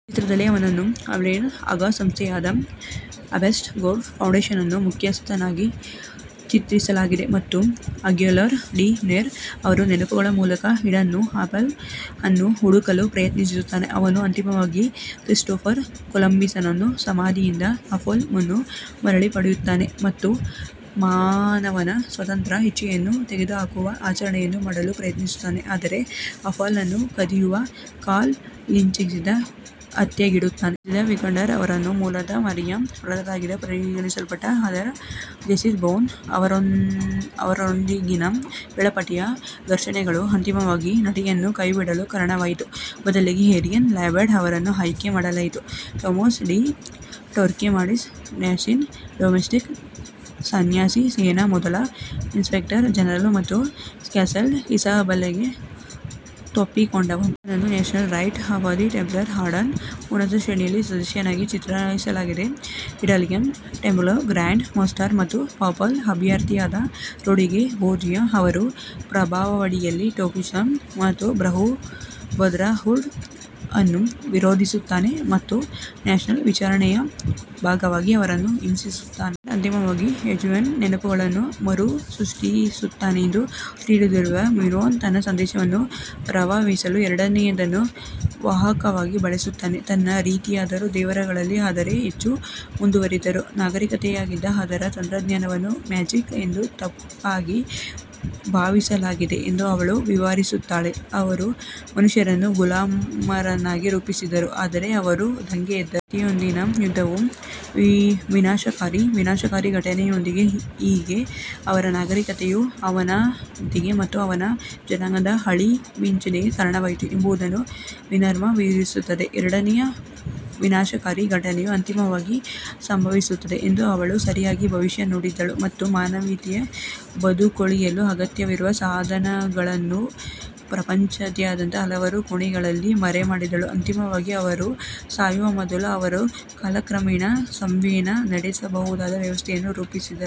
ಚಿತ್ರದಲ್ಲಿ, ಅವನನ್ನು ಅಬ್ಸ್ಟೆರ್ಗೊನ ಅಂಗಸಂಸ್ಥೆಯಾದ ಅಬ್ಸ್ಟೆರ್ಗೊ ಫೌಂಡೇಶನ್ನ ಮುಖ್ಯಸ್ಥನಾಗಿ ಚಿತ್ರಿಸಲಾಗಿದೆ ಮತ್ತು ಅಗ್ಯುಲಾರ್ ಡಿ ನೆರ್ಹಾ ಅವರ ನೆನಪುಗಳ ಮೂಲಕ ಈಡನ್ನ ಆಪಲ್ ಅನ್ನು ಹುಡುಕಲು ಪ್ರಯತ್ನಿಸುತ್ತಾನೆ. ಅವನು ಅಂತಿಮವಾಗಿ ಕ್ರಿಸ್ಟೋಫರ್ ಕೊಲಂಬಸ್ನ ಸಮಾಧಿಯಿಂದ ಆಪಲ್ ಅನ್ನು ಮರಳಿ ಪಡೆಯುತ್ತಾನೆ ಮತ್ತು ಮಾನವನ ಸ್ವತಂತ್ರ ಇಚ್ಛೆಯನ್ನು ತೆಗೆದುಹಾಕುವ ಆಚರಣೆಯನ್ನು ಮಾಡಲು ಪ್ರಯತ್ನಿಸುತ್ತಾನೆ, ಆದರೆ ಆಪಲ್ ಅನ್ನು ಕದಿಯುವ ಕ್ಯಾಲ್ ಲಿಂಚ್ನಿಂದ ಹತ್ಯೆಗೀಡಾಗುತ್ತಾನೆ. ಅಲಿಸಿಯಾ ವಿಕಾಂಡರ್ ಅವರನ್ನು ಮೂಲತಃ ಮಾರಿಯಾ ಪಾತ್ರಕ್ಕಾಗಿ ಪರಿಗಣಿಸಲಾಗಿತ್ತು, ಆದರೆ ಜೇಸನ್ ಬೌರ್ನ್ ಅವರೊಂದಿಗಿನ ವೇಳಾಪಟ್ಟಿಯ ಘರ್ಷಣೆಗಳು ಅಂತಿಮವಾಗಿ ನಟಿಯನ್ನು ಕೈಬಿಡಲು ಕಾರಣವಾಯಿತು, ಬದಲಿಗೆ ಏರಿಯನ್ ಲ್ಯಾಬೆಡ್ ಅವರನ್ನು ಆಯ್ಕೆ ಮಾಡಲಾಯಿತು. Tomas de Torquemada Spanish Dominican ಸನ್ಯಾಸಿ, ಸ್ಪೇನ್ನ ಮೊದಲ ಇನ್ಕ್ವಿಸಿಟರ್ ಜನರಲ್ ಮತ್ತು ಕ್ಯಾಸ್ಟೈಲ್ನ ಇಸಾಬೆಲ್ಲಾ ಗೆ ತಪ್ಪೊಪ್ಪಿಕೊಂಡವನು. ಅವನನ್ನು Spanish rite of the Templar ಆರ್ಡರ್ನ ಉನ್ನತ ಶ್ರೇಣಿಯ ಸದಸ್ಯನಾಗಿ ಚಿತ್ರಿಸಲಾಗಿದೆ. ಇಟಾಲಿಯನ್ ಟೆಂಪ್ಲರ್ಗಳ ಗ್ರ್ಯಾಂಡ್ ಮಾಸ್ಟರ್ ಮತ್ತು ಪಾಪಲ್ ಅಭ್ಯರ್ಥಿಯಾದ ರೋಡ್ರಿಗೋ ಬೋರ್ಜಿಯಾ ಅವರ ಪ್ರಭಾವದಡಿಯಲ್ಲಿ, ಟೋರ್ಕ್ಮೆಡಾ ಸ್ಪ್ಯಾನಿಷ್ ಅಸ್ಸಾಸಿನ್ ಬ್ರದರ್ಹುಡ್ ಅನ್ನು ವಿರೋಧಿಸುತ್ತಾನೆ ಮತ್ತು ಸ್ಪ್ಯಾನಿಷ್ ವಿಚಾರಣೆಯ ಭಾಗವಾಗಿ ಅವರನ್ನು ಹಿಂಸಿಸುತ್ತಾನೆ. ಡೆಸ್ಮಂಡ್ ಅಂತಿಮವಾಗಿ ಎಜಿಯೋನ ನೆನಪುಗಳನ್ನು ಮರುಸೃಷ್ಟಿಸುತ್ತಾನೆಂದು ತಿಳಿದಿರುವ ಮಿನರ್ವಾ, ತನ್ನ ಸಂದೇಶವನ್ನು ರವಾನಿಸಲು ಎರಡನೆಯದನ್ನು ವಾಹಕವಾಗಿ ಬಳಸುತ್ತಾನೆ. ತನ್ನ ರೀತಿಯವರು ದೇವರುಗಳಲ್ಲ, ಆದರೆ ಹೆಚ್ಚು ಮುಂದುವರಿದ ನಾಗರಿಕತೆಯಾಗಿದ್ದು, ಅದರ ತಂತ್ರಜ್ಞಾನವನ್ನು ಮ್ಯಾಜಿಕ್ ಎಂದು ತಪ್ಪಾಗಿ ಭಾವಿಸಲಾಗಿದೆ ಎಂದು ಅವಳು ವಿವರಿಸುತ್ತಾಳೆ. ಅವರು ಮನುಷ್ಯರನ್ನು ಗುಲಾಮರನ್ನಾಗಿ ರೂಪಿಸಿದರು, ಆದರೆ ಅವರು ದಂಗೆ ಎದ್ದರು. ಮಾನವೀಯತೆಯೊಂದಿಗಿನ ಯುದ್ಧವು ವಿನಾಶಕಾರಿ ವಿನಾಶಕಾರಿ ಘಟನೆಯೊಂದಿಗೆ ಹೇಗೆ ಅವರ ನಾಗರಿಕತೆಯ ಅವನತಿಗೆ ಮತ್ತು ಅವರ ಜನಾಂಗದ ಅಳಿವಿನಂಚಿಗೆ ಕಾರಣವಾಯಿತು ಎಂಬುದನ್ನು ಮಿನರ್ವಾ ವಿವರಿಸುತ್ತದೆ. ಎರಡನೆಯ ವಿನಾಶಕಾರಿ ಘಟನೆಯು ಅಂತಿಮವಾಗಿ ಸಂಭವಿಸುತ್ತದೆ ಎಂದು ಅವಳು ಸರಿಯಾಗಿ ಭವಿಷ್ಯ ನುಡಿದಿದ್ದಳು, ಮತ್ತು ಮಾನವೀಯತೆಯು ಬದುಕುಳಿಯಲು ಅಗತ್ಯವಿರುವ ಸಾಧನಗಳನ್ನು ಪ್ರಪಂಚದಾದ್ಯಂತ ಹಲವಾರು ಕೋಣೆಗಳಲ್ಲಿ ಮರೆಮಾಡಿದಳು, ಅಂತಿಮವಾಗಿ ಅವರು ಸಾಯುವ ಮೊದಲು ಅವರು ಕಾಲಕ್ರಮೇಣ ಸಂವಹನ ನಡೆಸಬಹುದಾದ ವ್ಯವಸ್ಥೆಯನ್ನು ರೂಪಿಸಿದರು.